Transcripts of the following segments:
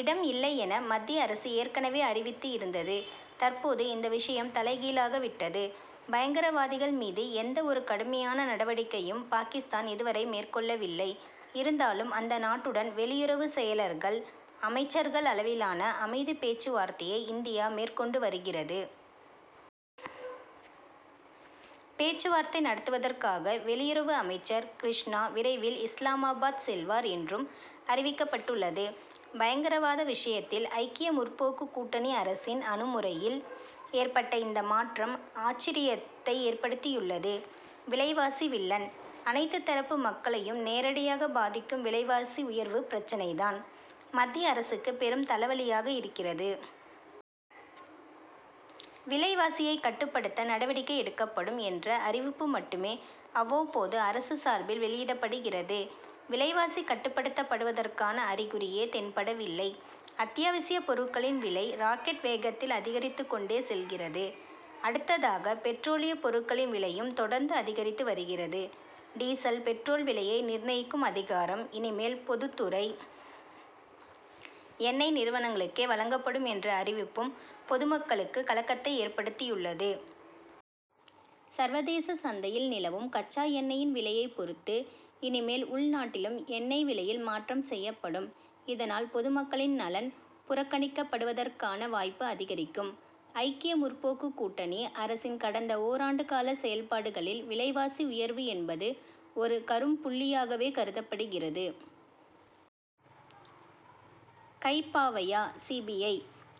இடம் இல்லை'என, மத்திய அரசு ஏற்கனவே அறிவித்து இருந்தது. தற்போது இந்த விஷயம் தலைகீழாக விட்டது. பயங்கரவாதிகள் மீது எந்த ஒரு கடுமையான நடவடிக்கையையும் பாகிஸ்தான் இதுவரை மேற்கொள்ளவில்லை. இருந்தாலும், அந்த நாட்டுடன் வெளியுறவு செயலர்கள், அமைச்சர்கள் அளவிலான அமைதி பேச்சுவார்த்தையை இந்தியா மேற்கொண்டு வருகிறது. பேச்சுவார்த்தை நடத்துவதற்காக வெளியுறவு அமைச்சர் கிருஷ்ணா, விரைவில் இஸ்லாமாபாத் செல்வார் என்றும் அறிவிக்கப்பட்டுள்ளது. பயங்கரவாத விஷயத்தில் ஐக்கிய முற்போக்கு கூட்டணி அரசின் அணுமுறையில் ஏற்பட்ட இந்த மாற்றம், ஆச்சர்யத்தை ஏற்படுத்தியுள்ளது. விலைவாசி வில்லன்: அனைத்து தரப்பு மக்களையும் நேரடியாக பாதிக்கும் விலைவாசி உயர்வு பிரச்னை தான், மத்திய அரசுக்கு பெரும் தலைவலியாக இருக்கிறது. விலைவாசியை கட்டுப்படுத்த நடவடிக்கை எடுக்கப்படும் என்ற அறிவிப்பு மட்டுமே, அவ்வப்போது அரசு சார்பில் வெளியிடப்படுகிறது. விலைவாசி கட்டுப்படுத்தப் படுவதற்கான அறிகுறியே தென்படவில்லை. அத்தியாவசியப் பொருட்களின் விலை ராக்கெட் வேகத்தில் அதிகரித்துக் கொண்டே செல்கிறது. அடுத்ததாக, பெட்ரோலிய பொருட்களின் விலையும் தொடர்ந்து அதிகரித்து வருகிறது. டீசல், பெட்ரோல் விலையை நிர்ணயிக்கும் அதிகாரம், இனிமேல் பொதுத் துறை எண்ணெய் நிறுவனங்களுக்கே வழங்கப்படும் என்ற அறிவிப்பும், பொதுமக்களுக்கு கலக்கத்தை ஏற்படுத்தியுள்ளது. சர்வதேச சந்தையில் நிலவும் கச்சா எண்ணெயின் விலையை பொறுத்து, இனிமேல் உள்நாட்டிலும் எண்ணெய் விலையில் மாற்றம் செய்யப்படும். இதனால், பொதுமக்களின் நலன் புறக்கணிக்கப்படுவதற்கான வாய்ப்பு அதிகரிக்கும். ஐக்கிய முற்போக்கு கூட்டணி அரசின் கடந்த ஓராண்டு கால செயல்பாடுகளில், விலைவாசி உயர்வு என்பது ஒரு கரும்புள்ளியாகவே கருதப்படுகிறது. கைப்பாவையா சி. பி. ஐ.,?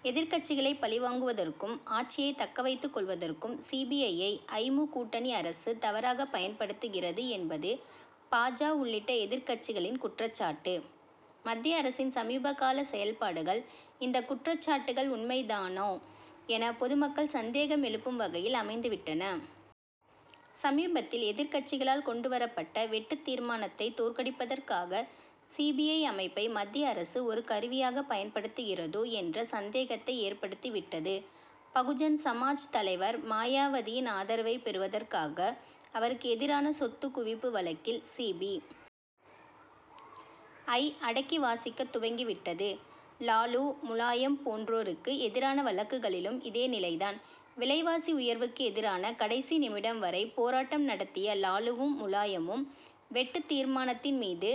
எதிர்க்கட்சிகளை பழி வாங்குவதற்கும், ஆட்சியை தக்க வைத்துக் கொள்வதற்கும் சி. பி. ஐ.,யை ஐ. மு., கூட்டணி அரசு தவறாக பயன்படுத்துகிறது'என்பது பா. ஜ., உள்ளிட்ட எதிர்க்கட்சிகளின் குற்றச் சாட்டு. மத்திய அரசின் சமீபகால செயல்பாடுகள், இந்த குற்றச்சாட்டுகள் உண்மைதானோ என, பொதுமக்கள் சந்தேகம் எழுப்பும் வகையில் அமைந்து விட்டன. சமீபத்தில் எதிர்க்கட்சிகளால் கொண்டு வரப்பட்ட வெட்டுத் தீர்மானத்தை தோற்கடிப்பதற்காக, சி. பி. ஐ., அமைப்பை மத்திய அரசு ஒரு கருவியாக பயன்படுத்துகிறதோ என்ற சந்தேகத்தை ஏற்படுத்தி விட்டது. பகுஜன் சமாஜ் தலைவர் மாயாவதியின் ஆதரவை பெறுவதற்காக, அவருக்கு எதிரான சொத்துக் குவிப்பு வழக்கில் சி. பி. ஐ., அடக்கி வாசிக்கத் துவங்கி விட்டது. லாலு, முலாயம் போன்றோருக்கு எதிரான வழக்குகளிலும் இதே நிலை தான். விலைவாசி உயர்வுக்கு எதிராக கடைசி நிமிடம் வரை, போராட்டம் நடத்திய லாலுவும், முலாயமும், வெட்டுத் தீர்மானத்தின் மீது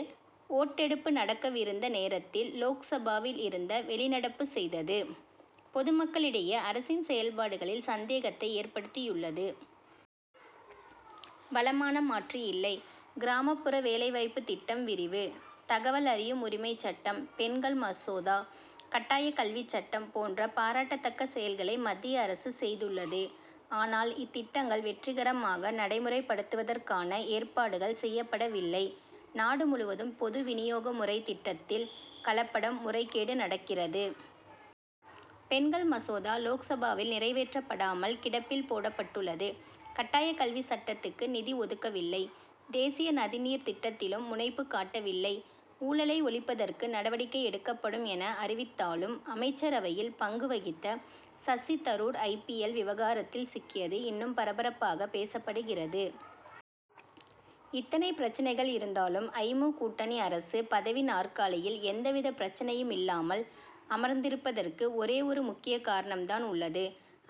ஓட்டெடுப்பு நடக்கவிருந்த நேரத்தில் லோக்சபாவில் இருந்து வெளிநடப்பு செய்தது, பொதுமக்களிடையே அரசின் செயல்பாடுகளில் சந்தேகத்தை ஏற்படுத்தியுள்ளது. பலமான மாற்று இல்லை: கிராமப்புற வேலை வாய்ப்பு திட்டம் விரிவு, தகவல் அறியும் உரிமைச் சட்டம், பெண்கள் மசோதா, கட்டாய கல்வி சட்டம் போன்ற பாராட்டத் தக்க செயல்களை மத்திய அரசு செய்துள்ளது. ஆனால், இத்திட்டங்கள் வெற்றிகரமாக நடைமுறைப்படுத்துவதற்கான ஏற்பாடுகள் செய்யப்படவில்லை. நாடு முழுவதும் பொது வினியோக முறை திட்டத்தில் கலப்படம், முறைகேடு நடக்கிறது. பெண்கள் மசோதா லோக்சபாவில் நிறைவேற்றப்படாமல் கிடப்பில் போடபட்டுள்ளது. கட்டாய கல்வி சட்டத்துக்கு நிதி ஒதுக்கவில்லை. தேசிய நதி நீர் திட்டத்திலும் முனைப்பு காட்டவில்லை. ஊழலை ஒழிப்பதற்கு நடவடிக்கை எடுக்கப்படும் என, அறிவித்தாலும், அமைச்சரவையில் பங்கு வகித்த Shashi Tharoor, I. P. L., விவகாரத்தில் சிக்கியது இன்னும் பரபரப்பாக பேசப்படுகிறது. இத்தனை பிரச்னைகள் இருந்தாலும், ஐ. மு., கூட்டணி அரசு பதவி நாற்காலியில் எந்த வித பிரச்னையும் இல்லாமல் அமர்ந்திருப்பதற்கு ஒரே ஒரு முக்கிய காரணம் தான் உள்ளது.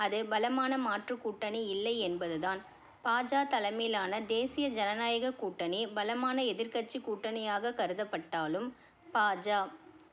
அது பலமான மாற்று கூட்டணி இல்லை என்பது தான். பா. ஜ., தலைமையிலான தேசிய ஜனநாயக கூட்டணி பலமான எதிர்க்கட்சி கூட்டணியாக கருதப்பட்டாலும், பா. ஜ.